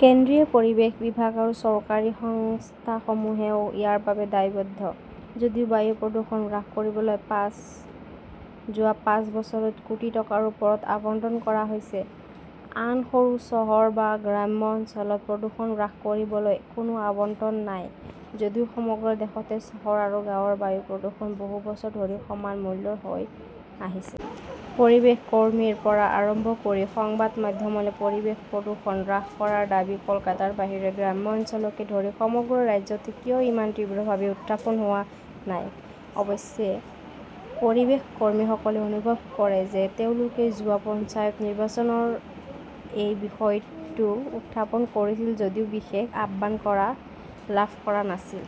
কেন্দ্ৰীয় পৰিৱেশ বিভাগ আৰু চৰকাৰী সংস্থাসমূহেও ইয়াৰ বাবে দায়বদ্ধ। যদিও বায়ু প্ৰদূষণ হ্ৰাস কৰিবলৈ যোৱা পাঁচ বছৰত কোটি টকাৰ ওচৰত আবণ্টন কৰা হৈছে, আন সৰু চহৰ বা গ্ৰাম্য অঞ্চলত প্ৰদূষণ হ্ৰাস কৰিবলৈ কোনো আবণ্টন নাই; যদিও সমগ্ৰ দেশতে চহৰ আৰু গাঁৱৰ বায়ু প্ৰদূষণ বহু বছৰ ধৰি সমান মূল্যৰ হৈ আহিছে। পৰিৱেশ কৰ্মীৰ পৰা আৰম্ভ কৰি সংবাদ মাধ্যমলৈ পৰিৱেশ প্ৰদূষণ হ্ৰাস কৰাৰ দাবী কলকাতাৰ বাহিৰে গ্ৰাম্য অঞ্চলকে ধৰি সমগ্ৰ ৰাজ্যতে কিয় ইমান তীব্ৰভাৱে উত্থাপন হোৱা নাই। অৱশ্যে, পৰিৱেশ কৰ্মীসকলে অনুভৱ কৰে যে তেওঁলোকে যোৱা পঞ্চায়ত নিৰ্বাচনত এই বিষয়টো উত্থাপন কৰিছিল যদিও বিশেষ আহ্বান লাভ কৰা নাছিল।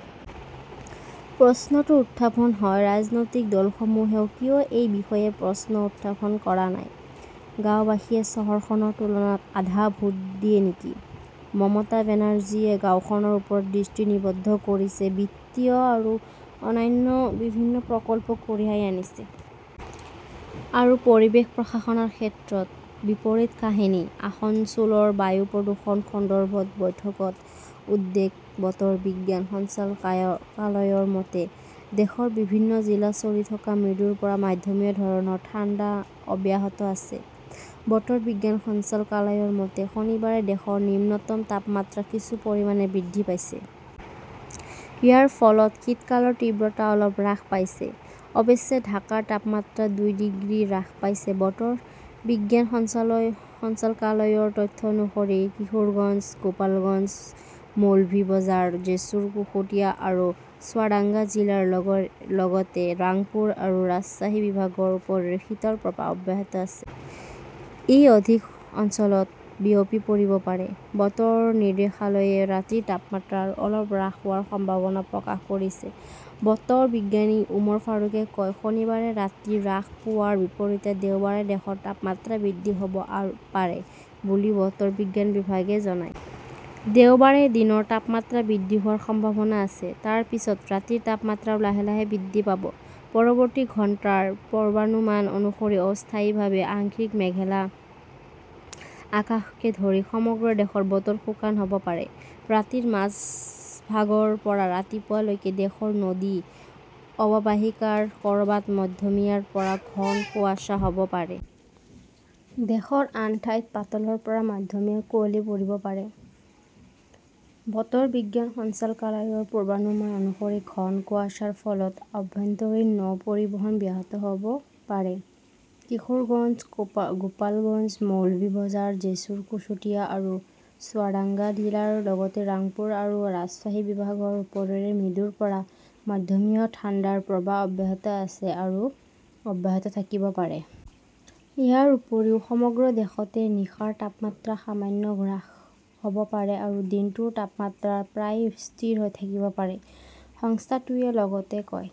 প্ৰশ্নটো উত্থাপন হয়, ৰাজনৈতিক দলসমূহেও কিয় এই বিষয়ে প্ৰশ্ন উত্থাপন কৰা নাই? গাওঁবাসীয়ে চহৰখনৰ তুলনাত আধা ভোট দিয়ে নেকি? মমতা বেনাৰ্জীয়ে গাওঁখনৰ ওপৰত দৃষ্টি নিবদ্ধ কৰিছে, বিত্তীয় আৰু অন্যান্য বিভিন্ন প্ৰকল্প কঢ়িয়াই আনিছে। আৰু পৰিৱেশ প্ৰশাসনৰ ক্ষেত্ৰত বিপৰীত কাহিনী? আসনছোলৰ বায়ু প্ৰদূষণ সন্দৰ্ভত বৈঠকত উদ্বেগ বতৰ বিজ্ঞান সঞ্চালকালয়ৰ মতে, দেশৰ বিভিন্ন জিলাত চলি থকা মৃদুৰ পৰা মধ্যমীয়া ধৰণৰ ঠাণ্ডা অব্যাহত আছে। বতৰ বিজ্ঞান সঞ্চালকালয়ৰ মতে, শনিবাৰে দেশৰ নিম্নতম তাপমাত্ৰা কিছু পৰিমাণে বৃদ্ধি পাইছে। ইয়াৰ ফলত শীতকালৰ তীব্ৰতা অলপ হ্ৰাস পাইছে। অৱশ্যে ঢাকাৰ তাপমাত্ৰা দুই ডিগ্ৰী হ্ৰাস পাইছে। বতৰ বিজ্ঞান সঞ্চালকালয়ৰ তথ্য অনুসৰি কিশোৰগঞ্জ, গোপালগঞ্জ, মৌলভি বজাৰ, জেছুৰ, কুশটিয়া আৰু চুৱাডাঙ্গা জিলাৰ লগতে ৰাংপুৰ আৰু ৰাজশ্বাহী বিভাগৰ ওপৰেৰে শীতল প্ৰৱাহ অব্যাহত আছে। ই অধিক অঞ্চলত বিয়পি পৰিব পাৰে। বতৰ নিৰ্দেশালয়ে ৰাতিৰ তাপমাত্ৰা আৰু অলপ হ্ৰাস হোৱাৰ সম্ভাৱনাও প্ৰকাশ কৰিছে । বতৰ বিজ্ঞানী ওমৰ ফাৰুকে কয়' "শনিবাৰে ৰাতি হ্ৰাস পোৱাৰ বিপৰীতে দেওবাৰে দেশৰ তাপমাত্ৰা বৃদ্ধি হ'ব পাৰে বুলি বতৰ বিজ্ঞান বিভাগে জনায়। দেওবাৰে দিনৰ তাপমাত্ৰা বৃদ্ধি হোৱাৰ সম্ভাৱনা আছে, তাৰ পিছত ৰাতিৰ তাপমাত্ৰাও লাহে লাহে বৃদ্ধি পাব। পৰৱৰ্তী ঘণ্টাৰ পূৰ্বানুমান অনুসৰি অস্থায়ীভাৱে আংশিক মেঘলা আকাশকে ধৰি সমগ্ৰ দেশৰ বতৰ শুকান হ'ব পাৰে। ৰাতিৰ মাজভাগৰ পৰা ৰাতিপুৱা লৈকে দেশৰ নদী অৱবাহিকাৰ ক'ৰবাত মধ্যমীয়াৰ পৰা ঘন কুয়াশা হ'ব পাৰে। দেশৰ আন ঠাইত পাতলৰ পৰা মধ্যমীয়া কুঁৱলী পৰিব পাৰে। বতৰ বিজ্ঞান সঞ্চালকালয়ৰ পূৰ্বানুমান অনুসৰি ঘন কুয়াশাৰ ফলত আভ্যন্তৰীণ নৌ পৰিবহণ ব্যাহত হ'ব পাৰে। কিশোৰগঞ্জ, গোপালগঞ্জ, মৌলভি বজাৰ, জেছুৰ, কুশটিয়া আৰু চুৱাডাঙ্গা জিলাৰ লগতে ৰাংপুৰ আৰু ৰাজশ্বাহী বিভাগৰ ওপৰেৰে মৃদুৰ পৰা মধ্যমীয়া ঠাণ্ডাৰ প্ৰৱাহ অব্যাহত আছে আৰু অব্যাহত থাকিব পাৰে। ইয়াৰ উপৰিও সমগ্ৰ দেশতে নিশাৰ তাপমাত্ৰা সামান্য হ্ৰাস হ'ব পাৰে আৰু দিনটোৰ তাপমাত্ৰা প্ৰায় স্থিৰ হৈ থাকিব পাৰে, সংস্থাটোৱে লগতে কয়।